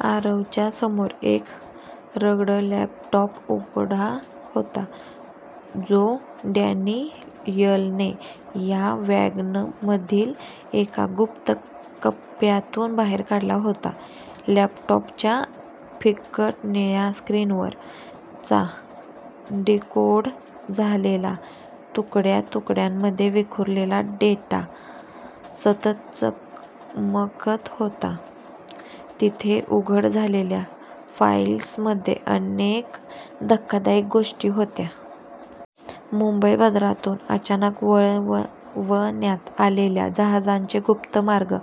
आरवच्या समोर एक रग्ड लॅपटॉप उघडा होता, जो डॅनियलने या वॅगनमधील एका गुप्त कप्प्यातून बाहेर काढला होता. लॅपटॉपच्या फिकट निळ्या स्क्रीनवर चा डिकोड झालेला, तुकड्या-तुकड्यांमध्ये विखुरलेला डेटा सतत चमकत होता. तिथे उघड झालेल्या फाईल्समध्ये अनेक धक्कादायक गोष्टी होत्या. मुंबई बंदरातून अचानक वळवण्यात आलेल्या जहाजांचे गुप्त मार्ग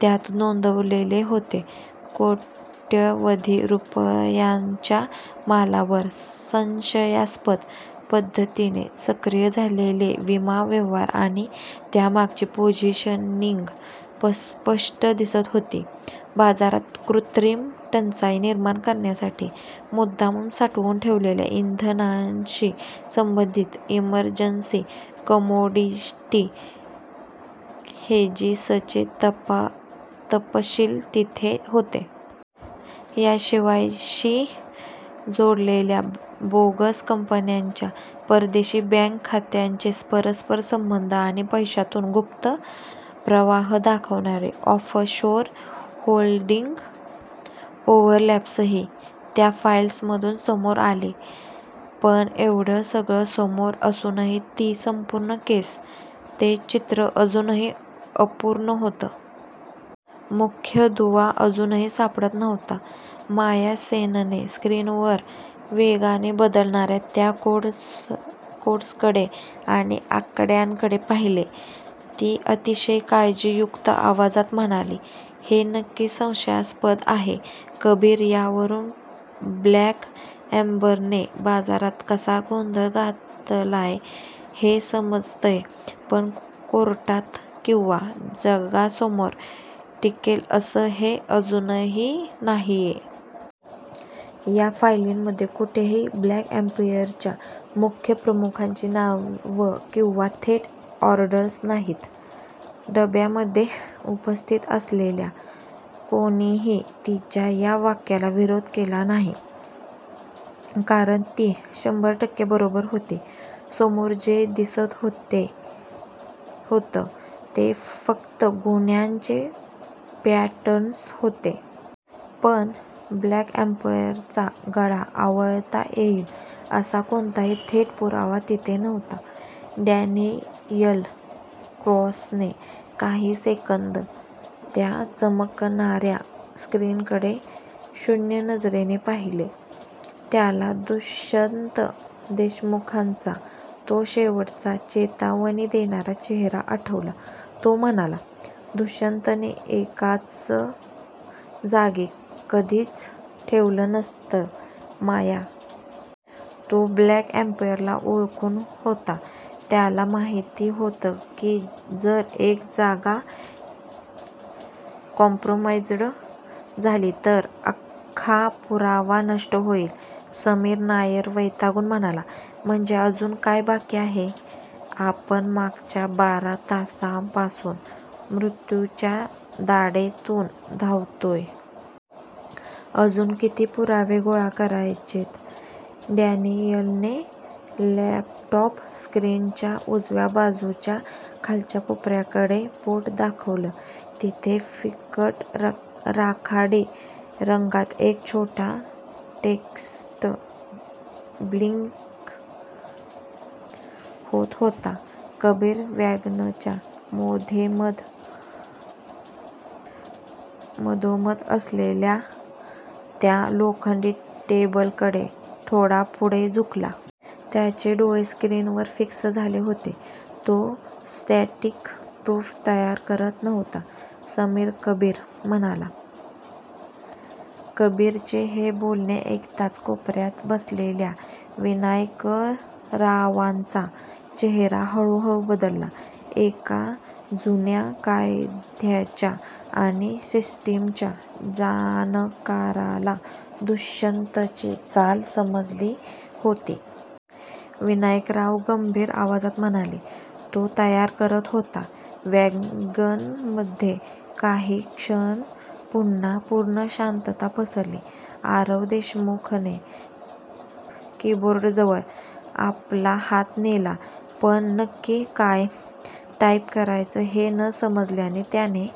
त्यात नोंदवलेले होते. कोट्यवधी रुपयांच्या मालावर संशयास्पद पद्धतीने सक्रिय झालेले विमा व्यवहार आणि त्यामागची पोझिशनिंग स्पष्ट दिसत होती. बाजारात कृत्रिम टंचाई निर्माण करण्यासाठी मुद्दाम साठवून ठेवलेल्या इंधनाशी संबंधित इमर्जन्सी कमोडिटी हेजेसचे तपशील तिथे होते. याशिवाय, शी जोडलेल्या बोगस कंपन्यांच्या परदेशी बँक खात्यांचे परस्पर संबंध आणि पैशांचा गुप्त प्रवाह दाखवणारे ऑफशोर होल्डिंग ओव्हरलॅप्सही त्या फाईल्समधून समोर आले. पण एवढं सगळं समोर असूनही ती संपूर्ण केस, ते चित्र अजूनही अपूर्ण होतं. मुख्य दुवा अजूनही सापडत नव्हता. माया सेनने स्क्रीनवर वेगाने बदलणाऱ्या त्या कोड्सकडे आणि आकड्यांकडे पाहिले. ती अतिशय काळजीयुक्त आवाजात म्हणाली, "हे नक्कीच संशयास्पद आहे, कबीर. यावरून ब्लॅक एम्बरने बाजारात कसा गोंधळ घातलाय हे समजतंय पण कोर्टात किंवा जगासमोर टिकेल असं हे अजूनही नाहीये. या फायलींमध्ये कुठेही ब्लॅक एम्बरच्या मुख्य प्रमुखांची नावं किंवा थेट ऑर्डर्स नाहीत. "डब्यामध्ये उपस्थित असलेल्या कोणीही तिच्या या वाक्याला विरोध केला नाही. कारण ती शंभर टक्के बरोबर होती. समोर जे दिसत होतं, ते फक्त गुन्ह्याचे पॅटर्न्स होते. पण ब्लॅक एम्बरचा गळा आवळता येईल, असा कोणताही थेट पुरावा तिथे नव्हता. डॅनियल क्रॉसने काही सेकंद त्या चमकणाऱ्या स्क्रीनकडे शून्य नजरेने पाहिले. त्याला दुष्यंत देशमुखांचा तो शेवटचा चेतावणी देणारा चेहरा आठवला. तो म्हणाला, "दुष्यंतने एकाच जागी कधीच ठेवलं नसतं, माया. तो ब्लॅक एम्बरला ओळखून होता. त्याला माहिती होतं की जर एक जागा कॉम्प्रमाईज्ड झाली, तर अख्खा पुरावा नष्ट होईल." समीर नायर वैतागून म्हणाला, "म्हणजे अजून काय बाकी आहे? आपण मागच्या बारा तासांपासून मृत्यूच्या दाढेतून धावतोय. अजून किती पुरावे गोळा करायचेत?" डॅनियलने लॅपटॉप स्क्रीनच्या उजव्या बाजूच्या खालच्या कोपऱ्याकडे बोट दाखवलं. तिथे फिकट राखाडी रंगात एक छोटा टेक्स्ट ब्लिंक होत होता. कबीर वॅगनच्या मधोमध असलेल्या त्या लोखंडी टेबलकडे थोडा पुढे झुकला. त्याचे डोळे स्क्रीनवर फिक्स झाले होते. "तो स्टॅटिक प्रूफ तयार करत नव्हता, समीर" कबीर म्हणाला. कबीरचे हे बोलणे ऐकताच कोपऱ्यात बसलेल्या विनायकरावांचा चेहरा हळूहळू बदलला. एका जुन्या कायद्याच्या आणि सिस्टिमच्या जाणकाराला दुष्यंतची चाल समजली होती. विनायकराव गंभीर आवाजात म्हणाले, "तो तयार करत होता." वॅगनमध्ये काही क्षण पुन्हा पूर्ण शांतता पसरली. आरव देशमुखने कीबोर्डजवळ आपला हात नेला, पण नक्की काय टाईप करावं हे न समजल्याने त्याने